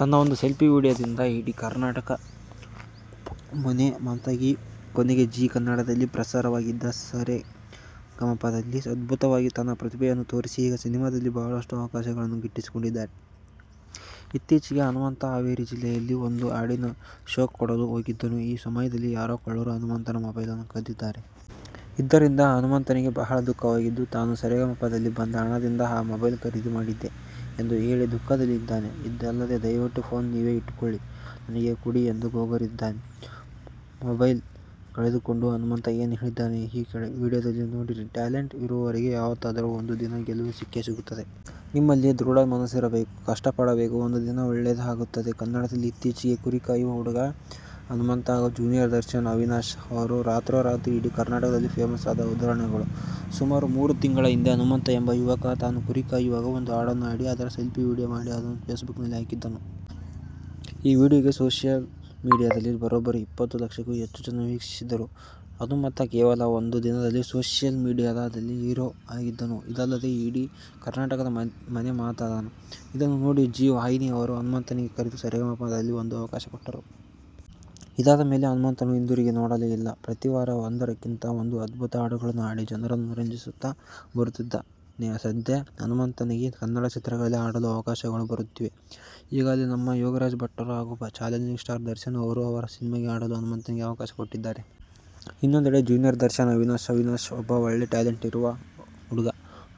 ತನ್ನ ಒಂದು selfie video ದಿಂದ ಇಡೀ ಕರ್ನಾಟಕದ ಮನೆ ಮಾತಾಗಿ ಕೊನೆಗೆ ಝೀ ಕನ್ನಡದಲ್ಲಿ ಪ್ರಸಾರವಾಗಿದ್ದ ಸ ರೇ ಗ ಮ ಪ ದಲ್ಲಿ ಅದ್ಭುತ ವಾಗಿ ತನ್ನ ಪ್ರತಿಭೆಯನ್ನು ತೋರಿಸಿ ಈಗ ಸಿನಿಮಾ ದಲ್ಲಿ ಬಹಳಷ್ಟು ಅವಕಾಶ ಗಳನ್ನೂ ಗಿಟ್ಟಿಸಿಕೊಂಡಿದ್ದಾನೆ. ಇತ್ತೀಚಿಗೆ ಹನುಮಂತ ಹಾವೇರಿ ಜಿಲ್ಲೆಯಲ್ಲಿ ಒಂದು ಹಾಡಿನ ಷೋ ಕೊಡಲು ಹೋಗಿದ್ದನು, ಈ ಸಮಯದಲ್ಲಿ ಯಾರೋ ಕಳ್ಳರು ಹನುಮಂತನ ಮೊಬೈಲ್ ಅನ್ನು ಕದ್ದಿದ್ದಾರೆ. ಇದ್ದರಿಂದ ಹನುಮಂತನಿಗೆ ಬಹಳ ದುಃಖವಾಗಿದ್ದು, ತಾನು ಸ ರೇ ಗ ಮ ಪ ದಲ್ಲಿ ಬಂದ ಹಣದಿಂದ ಆ ಮೊಬೈಲ್ ಖರೀದಿ ಮಾಡಿದ್ದೆ ಎಂದು ಹೇಳಿ ದುಃಖದಲ್ಲಿ ಇದ್ದಾನೆ. ಇದಲ್ಲದೆ ದಯವಿಟ್ಟು ಫೋನ್ ನೀವೇ ಇಟ್ಟುಕೊಳ್ಳಿ ನನಗೆ ಕೊಡಿ ಎಂದು ಗೋಗರಿದಿದ್ದಾನೆ. ಮೊಬೈಲ್ ಕಳೆದುಕೊಂಡು ಹನುಮಂತ ಏನ್ ಹೇಳಿದ್ದಾನೆ ಈ ಕೆಳಗಿನ ವಿಡಿಯೋದಲ್ಲಿ ನೋಡಿರಿ ಟ್ಯಾಲೆಂಟ್ ಇರುವವರಿಗೆ ಯಾವತ್ತಾದರೂ ಒಂದು ದಿನ ಗೆಲುವು ಸಿಕ್ಕೇ ಸಿಗುತ್ತದೆ. ನಿಮ್ಮಲ್ಲಿ ದೃಢ ಮನಸ್ಸಿರಬೇಕು, ಕಷ್ಟ ಪಡಬೇಕು. ಒಂದು ದಿನ ಒಳ್ಳೇದ್ ಆಗುತ್ತದೆ. ಕನ್ನಡದಲ್ಲಿ ಇತ್ತೀಚಿಗೆ ಕುರಿ ಕಾಯುವ ಹುಡುಗ ಹನುಮಂತ ಹಾಗು ಜೂನಿಯರ್ ದರ್ಶನ್ ಅವಿನಾಶ್ ಅವರು ರಾತ್ರೋ ರಾತ್ರಿ ಇಡೀ ಕರ್ನಾಟಕದಲ್ಲಿ ಫೇಮಸ್ ಆದ ಉದಾಹರಣೆಗಳು. ಸುಮಾರು ಮೂರು ತಿಂಗಳ ಹಿಂದೆ ಹನುಮಂತ ಎಂಬ ಯುವಕ ತಾನು ಕುರಿ ಕಾಯುವಾಗ ಒಂದು ಹಾಡನ್ನು ಹಾಡಿ ಅದರ ಸೆಲ್ಫಿ ವಿಡಿಯೋ ಮಾಡಿ ಅದನ್ನು ಫೇಸ್ಬುಕ್ ನಲಿ ಹಾಕಿದ್ದನು. ಈ ವಿಡಿಯೋಗೆ ಸೋಶಿಯಲ್ ಮೀಡಿಯಾದಲ್ಲಿ ಬರೋಬ್ಬರಿ ಇಪ್ಪತ್ತು ಲಕ್ಷಕ್ಕೂ ಹೆಚ್ಚು ಜನ ವೀಕ್ಷಿಸಿದ್ದರು. ಹನುಮಂತ ಕೇವಲ ಒಂದು ದಿನದಲ್ಲಿ ಸೋಶಿಯಲ್ ಮೀಡಿಯಾ ದಲ್ಲಿ ಹೀರೋ ಆಗಿದ್ದನು. ಇದಲ್ಲದೆ ಇಡೀ ಕರ್ನಾಟಕದ ಮನೆ ಮಾತಾದನು. ಇದನ್ನು ನೋಡಿ ಜಿ ವಾಹಿನಿ ಅವರು ಹನುಮಂತನಿಗೆ ಕರೆದು ಸ ರೇ ಗ ಮ ಪ ದಲ್ಲಿ ಒಂದು ಅವಕಾಶ ಕೊಟ್ಟರು. ಇದಾದ ಮೇಲೆ ಹನುಮಂತನು ಹಿಂದುರುಗಿ ನೋಡಲೇ ಇಲ್ಲ. ಪ್ರತೀ ವಾರ ಒಂದರಕ್ಕಿಂತ ಒಂದು ಅದ್ಭುತ ಹಾಡುಗಳನ್ನು ಹಾಡಿ ಜನರನ್ನು ರಂಜಿಸುತ್ತಾ ಬರುತ್ತಿದ್ದಾನೆ. ಸದ್ಯ ಹನುಮಂತ ನಿಗೆ ಕನ್ನಡ ಚಿತ್ರಗಳಲ್ಲಿ ಹಾಡಲು ಅವಕಾಶಗಳು ಬರುತ್ತಿವೆ. ಈಗಾಗಲೇ ನಮ್ಮ ಯೋಗರಾಜ್ ಭಟ್ಟರು ಹಾಗು ಚಾಲೆಂಜಿಂಗ್ ಸ್ಟಾರ್ ದರ್ಶನ್ ಅವರು ಅವರ ಸಿನೆಮಾಗೆ ಹಾಡಲು ಹನುಮಂತನಿಗೆ ಅವಕಾಶ ಕೊಟ್ಟಿದ್ದಾರೆ. ಇನ್ನೊಂದೆಡೆ ಜೂನಿಯರ್ ದರ್ಶನ್ ಅವಿನಾಶ್! ಅವಿನಾಶ್ ಒಬ್ಬ ಒಳ್ಳೆ ಟ್ಯಾಲೆಂಟ್ ಇರುವ ಹುಡುಗ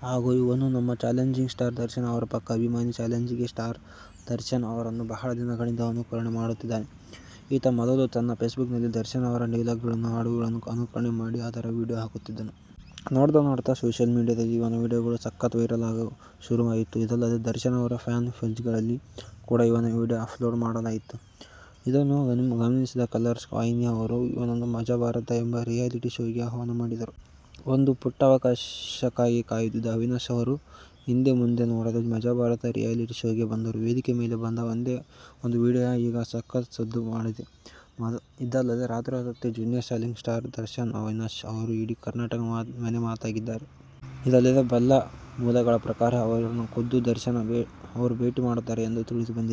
ಹಾಗು ಇವನು ನಮ್ಮ ಚಾಲೆಂಜಿಂಗ್ ಸ್ಟಾರ್ ದರ್ಶನ್ ಅವರ ಪಕ್ಕಾ ಅಭಿಮಾನಿ. ಚಾಲೆಂಜಿಂಗ್ ಸ್ಟಾರ್ ದರ್ಶನ್ ಅವರನ್ನು ಬಹಳ ದಿನಗಳಿಂದ ಅನುಕರಣೆ ಮಾಡುತ್ತಿದ್ದಾನೆ. ಈತ ಮೊದಲು ತನ್ನ ಫೇಸ್ಬುಕ್ ನಲ್ಲಿ, ದರ್ಶನ್ ಅವರ ಡೈಲಾಗ್ ಗಳನ್ನೂ, ಹಾಡುಗಳನ್ನು ಅನುಕರಣೆ ಮಾಡಿ ಅದರ ವಿಡಿಯೋ ಹಾಕುತ್ತಿದ್ದನು. ನೋಡ್ತಾ ನೋಡ್ತಾ ಸೋಶಿಯಲ್ ಮೀಡಿಯಾ ದಲ್ಲಿ ಇವನ ವಿಡಿಯೋ ಗಳು ಸಕತ್ ವೈರಲ್ ಆಗಲು ಶುರು ಆಯಿತು. ಇದಲ್ಲದೆ ದರ್ಶನ್ ಅವರ ಫ್ಯಾನ್ ಪೇಜ್ಗಳಲ್ಲಿ ಕೂಡ ಇವನ ವಿಡಿಯೋ ಅಪ್ಲೋಡ್ ಮಾಡಲಾಯಿತು. ಇದನ್ನು ಗಮನಿಸಿದ ಕಲರ್ಸ್ ವಾಹಿನಿ ಅವರು ಇವನನ್ನು ಮಜಭಾರತ ಎಂಬ ರಿಯಾಲಿಟಿ ಶೋಗೆ ಆಹ್ವಾನ ಮಾಡಿದರು. ಒಂದು ಪುಟ್ಟ ಅವಕಾಶಕ್ಕಾಗಿ ಕಾಯುತ್ತಿದ್ದ ಅವಿನಾಶ್ ಅವರು ಹಿಂದೆ ಮುಂದೆ ನೋಡದೆ ಮಜಭಾರತ ರಿಯಾಲಿಟಿ ಶೋಗೆ ಬಂದರು. ವೇದಿಕೆ ಮೇಲೆ ಬಂದ ಒಂದೇ ಒಂದು ವಿಡಿಯೋ ಈಗ ಸಕತ್ ಸದ್ದು ಮಾಡಿದೆ. ಇದಲ್ಲದೆ ರಾತ್ರೋ ರಾತ್ರಿ junior challenging star Darshan Avinash ಅವರು ಇಡೀ ಕರ್ನಾಟಕದ ಮನೆ ಮಾತಾಗಿದ್ದಾರೆ. ಇದಲ್ಲದೆ ಬಲ್ಲ ಮೂಲಗಳ ಪ್ರಕಾರ ಇವರನ್ನು ಕುದ್ದು ದರ್ಶನ್ ಅವರು ಭೇಟಿ ಮಾಡುತ್ತಾರೆ ಎಂದು ತಿಳಿದು ಬಂದಿದೆ.